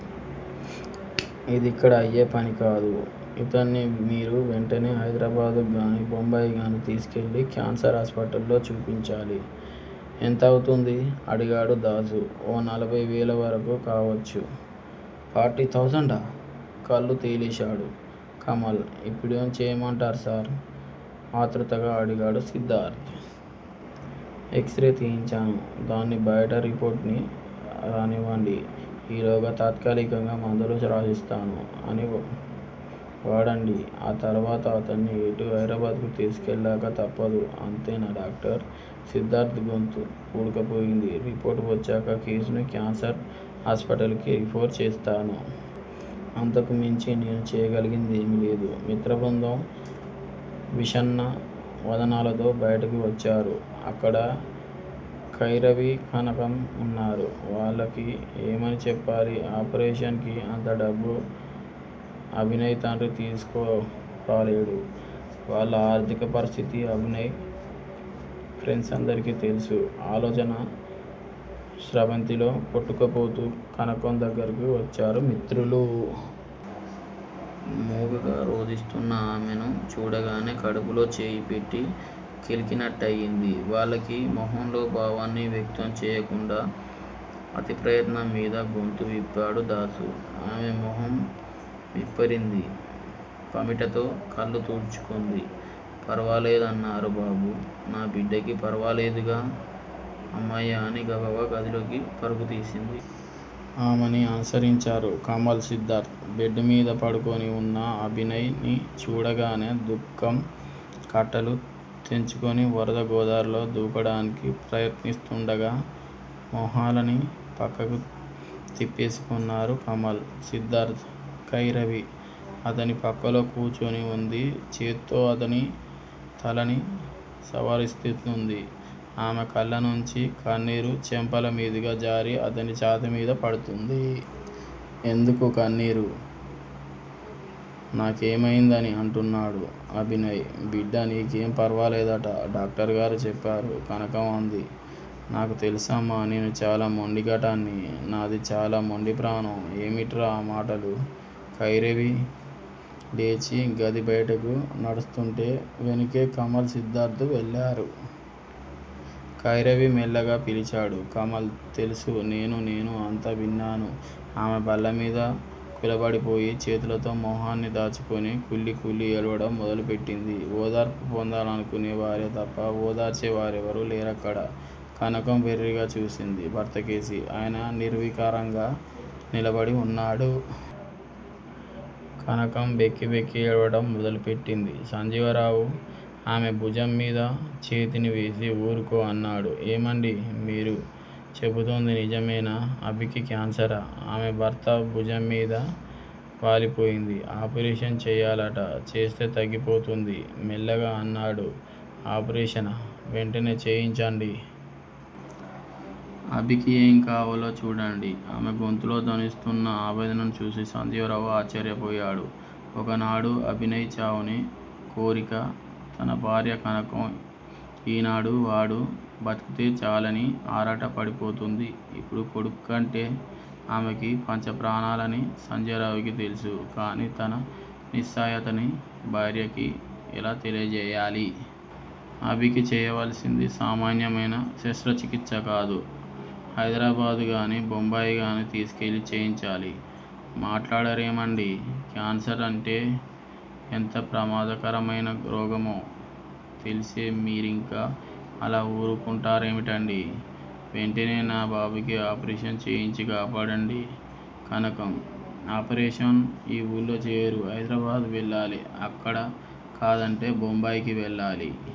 ఇది ఇక్కడ అయ్యే పని కాదు, ఇతన్ని మీరు వెంటనే హైదరాబాదుగానీ, బొంబాయిగానీ తీసుకెళ్ళి క్యాన్సర్ హాస్పిటల్లో చూపించాలి. ఎంతవుతుంది? అడిగాడు దాసు ఓ నలభై వేల వరకూ కావచ్చు! Forty thousand! కళ్ళు తేలేశాడు కమల్. ఇప్పుడేం చేయమంటారు సార్? ఆతృతగా అడిగాడు సిద్ధార్థ. X ray తీయించాను. దాన్ని బయట రిపోర్టునీ రానివ్వండి. ఈలోగా తాత్కాలికంగా మందులు రాసిస్తాను. అని వాడండి. ఆ తర్వాత అతన్ని ఎటూ హైదరాబాదుకు తీసుకెళ్ళక తప్పదు. అంతేనా డాక్టర్? సిద్ధార్థ గొంతు పూడుకుపోయింది. రిపోర్టు వచ్చాక, కేసుని క్యాన్సర్ హాస్పిటల్ కి రిఫర్ చేస్తాను. అంతకుమించి నేను చేయగలిగింది ఏమీలేదు. మిత్రబృందం విషణ్ణ వదనాలతో బయటకి వచ్చారు. అక్కడ కైరవి, కనకం వున్నారు. వాళ్ళకి ఏమని చెప్పాలి. ఆపరేషన్ కి అంతడబ్బు అభినయ్ తండ్రి తీసుకురాలేడు. వాళ్ళ ఆర్థిక పరిస్థితి అభినయ్ ఫ్రెండ్సందరికీ తెలుసు. ఆలోచనా స్రవంతిలో కొట్టుకుపోతూ కనకం దగ్గరగా వచ్చారు మిత్రులు. మూగగా రోధిస్తున్న ఆమెని చూడగానే కడుపులో చెయ్యి పెట్టి కెలికినట్టయ్యింది వాళ్ళకి. మొహంలోని భావాన్ని వ్యక్తం చేయకుండా అతి ప్రయత్నం మీద గొంతు విప్పాడు దాసు. ఆమె మొహం విప్పారింది. పమిటతో కళ్ళు తుడుచుకొంది. పర్వాలేదన్నారా బాబూ? నా బిడ్డకి పర్వాలేదు కదా? హమ్మయ్య అని గబగబా గదిలోకి పరుగుదీసింది. ఆమెని అనుసరించారు కమల్, సిద్ధార్థ. బెడ్ మీద పడుకొని వున్న అభినయ్ ని చూడగానే దుఃఖం కట్టలు తెంచుకొని వరద గోదావరిలో దూకడానికి ప్రయత్నిస్తుండగా మొహాలని పక్కకి తిప్పేసుకొన్నారు కమల్, సిద్ధార్థ. కైరవి అతని పక్కలో కూర్చుని వుంది. చేత్తో అతని తలని సవరదీస్తోంది. ఆమె కళ్ళనించి కన్నీరు చెంపల మీదుగా జారి అతని ఛాతీ మీద పడుతోంది. ఎందుకు కన్నీరు! నా కేమయిందని? అంటున్నాడు అభినయ్. బిడ్డా! నీకేం పర్వాలేదట డాక్టరుగారు చెప్పారు కనకం అంది. నాకు తెలుసమ్మా! నేను చాలా మొండిఘటాన్ని. నాది చాలా మొండి ప్రాణం. ఏమిట్రా ఆ మాటలు? కైరవి లేచి గది బయటకి నడుస్తుంటే వెనుకే కమల్, సిద్ధార్థ వెళ్ళారు. కైరవి! మెల్లగా పిలిచాడు కమల్. తెలుసు నేను నేను అంతా విన్నాను ఆమె బల్లమీద కూలబడిపోయి చేతులతో మొహాన్ని దాచుకొని కుళ్ళి కుళ్ళి ఏడవడం మొదలు పెట్టింది. ఓదార్పు పొందాలనుకొనే వారే తప్ప ఓదార్చేవారెవరూ లేరక్కడ. కనకం వెర్రిగా చూసింది భర్తకేసి. ఆయన నిర్వికారంగా నిలబడి వున్నాడు. కనకం వెక్కి వెక్కి ఏడవడం మొదలు పెట్టింది. సంజీవరావు ఆమె భుజం మీద చేతిని వేసి ఊరుకో! అన్నాడు. ఏమండీ! మీరు చెబుతోంది నిజమేనా? అభికి క్యాన్సరా! ఆమె భర్త భుజం మీద వాలిపోయింది. ఆపరేషన్ చెయ్యాలట. చేస్తే తగ్గిపోతుంది మెల్లగా అన్నాడు. ఆపరేషనా? వెంటనే చేయించండి. అభికి ఏం కావాలో చూడండి. ఆమె గొంతులో ధ్వనిస్తోన్న ఆవేదనని చూసి సంజీవరావు ఆశ్చర్యపోయాడు. ఒకనాడు అభినయ్ చావుని కోరిక తన భార్య కనకం ఈనాడు వాడు బతికితే చాలని ఆరాట పడిపోతోంది. ఇప్పుడు కొడుకంటే ఆమెకి పంచప్రాణాలని సంజీవరావుకి తెలుసు. కానీ తన నిస్సహాయతని భార్యకి ఎలా తెలియజేయాలి? అభీకి చేయవలసింది సామాన్యమైన శస్త్రచికిత్సకాదు హైదరాబాదుగానీ, బొంబాయిగానీ తీసుకెళ్ళి చేయించాలి. మాట్లాడరేమండీ! క్యాన్సరంటే ఎంత ప్రమాదకరమైన రోగమో తెలిసే మీరింకా అలా ఊరుకొంటారేమిటండీ? వెంటనే నా బాబుకి ఆపరేషన్ చేయించి కాపాడండి. కనకం ఆపరేషన్ ఈఊళ్ళో చేయరు. హైదరాబాదు వెళ్ళాలి. అక్కడ కాదంటే బొంబాయి తీసుకెళ్ళాలి.